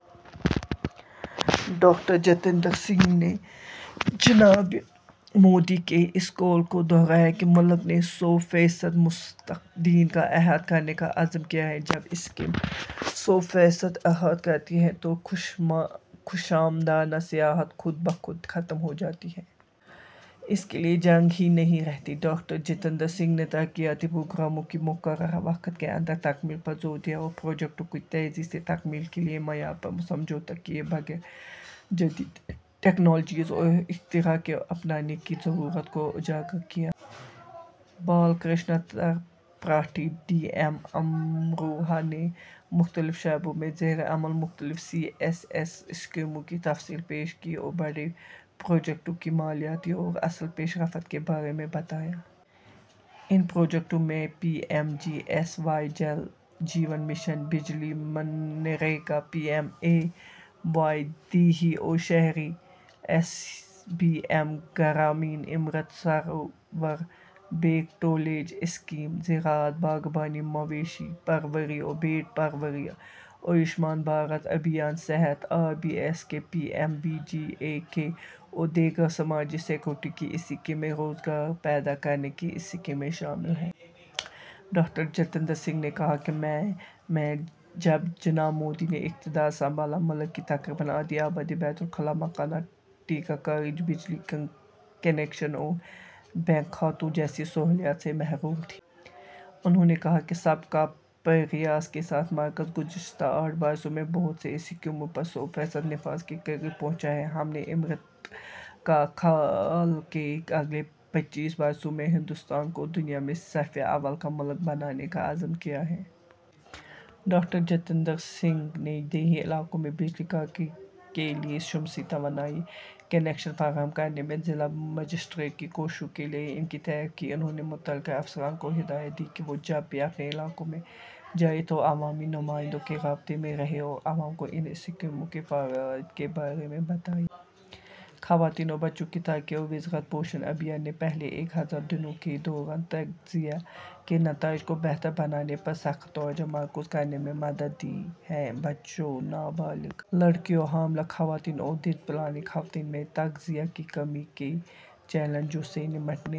Doctor Jitendra Singh نے جناب مودی کے اس قول کو دہرایا کہ ملک نے سو فیصد مستفدین کا احاطہ کرنے کا عزم کیا ہے۔ جب اسکیم سو فیصد احاطہ کرتی ہے تو خوشامدانہ سیاست خود بخود ختم ہو جاتی ہے۔ اس کے لیے جگہ ہی نہیں رہتی۔ ڈاکٹر جتیندر سنگھ نے ترقیاتی پروگراموں کی مقررہ وقت کے اندر تکمیل پر زور دیا اور پروجیکٹوں کی تیزی سے تکمیل کے لیے معیار پر سمجھوتہ کیے بغیر جدید ٹیکنالوجیز اور اختراع کو اپنانے کی ضرورت کو اجاگر کیا۔ بال کرشنا ترپاٹھی، ڈی ایم امروہہ نے مختلف شعبوں میں زیر عمل مختلف سی ایس ایس اسکیموں کی تفصیل پیش کی اور بڑے پروجیکٹوں کی مالیاتی اور اصل پیش رفت کے بارے میں بتایا۔ ان پروجیکٹوں میں P M G S Y, Jal Jeevan mission, بجلی، منریگا، پی ایم اے وائی دیہی اور شہری، S B M Gramin, Amrit Sarovar, back to village scheme, زراعت، باغبانی، مویشی پروری اور بھیڑ پروری، آیوشمان بھارت ابھیان، صحت، R B S K, P M B J A K اور دیگر سماجی سکیورٹی کی اسکیمیں، روزگار پیدا کرنے کی اسکیمیں شامل ہیں۔ ڈاکٹر جتیندر سنگھ نے کہا کہ مئی میں جب جناب مودی نے اقتدار سنبھالا، ملک کی تقریباً آدھی آبادی بیت الخلاء، مکانات، ٹیکہ کاری، بجلی کنکشن اور بینک کھاتوں جیسی سہولیات سے محروم تھی۔ انھوں نے کہا کہ سب کا پریاس کے ساتھ مرکز گزشتہ آٹھ برسوں میں بہت سی اسکیموں پر سو فیصد نفاذ کے قریب پہنچا ہے۔ ہم نے امرت کال کے اگلے پچیس برسوں میں ہندوستان کو دنیا میں صفِ اول کا ملک بنانے کا عزم کیا ہے۔ ڈاکٹر جتیندر سنگھ نے دیہی علاقوں میں بجلی کاری کے لیے شمسی توانائی کنکشن فراہم کرنے میں ضلع مجسٹریٹ کی کوششوں کے لیے ان کی تعریف کی۔ انھوں نے متعلقہ افسران کو ہدایت دی کہ وہ جب بھی اپنے علاقوں میں جائیں تو عوامی نمائندوں کے رابطے میں رہیں اور عوام کو ان اسکیموں کے فوائد کے بارے میں بتائیں۔ خواتین اور بچوں کی ترقی کی وزارت پوشن ابھیان نے پہلے ایک ہزار دنوں کے دوران تغذیہ کے نتائج کو بہتر بنانے پر سخت توجہ مرکوز کرنے میں مدد دی ہے۔ بچوں، نابالغ لڑکیوں، حاملہ خواتین اور دودھ پلانے والی خواتین میں تغذیہ کی کمی کے چیلنجوں سے نمٹنے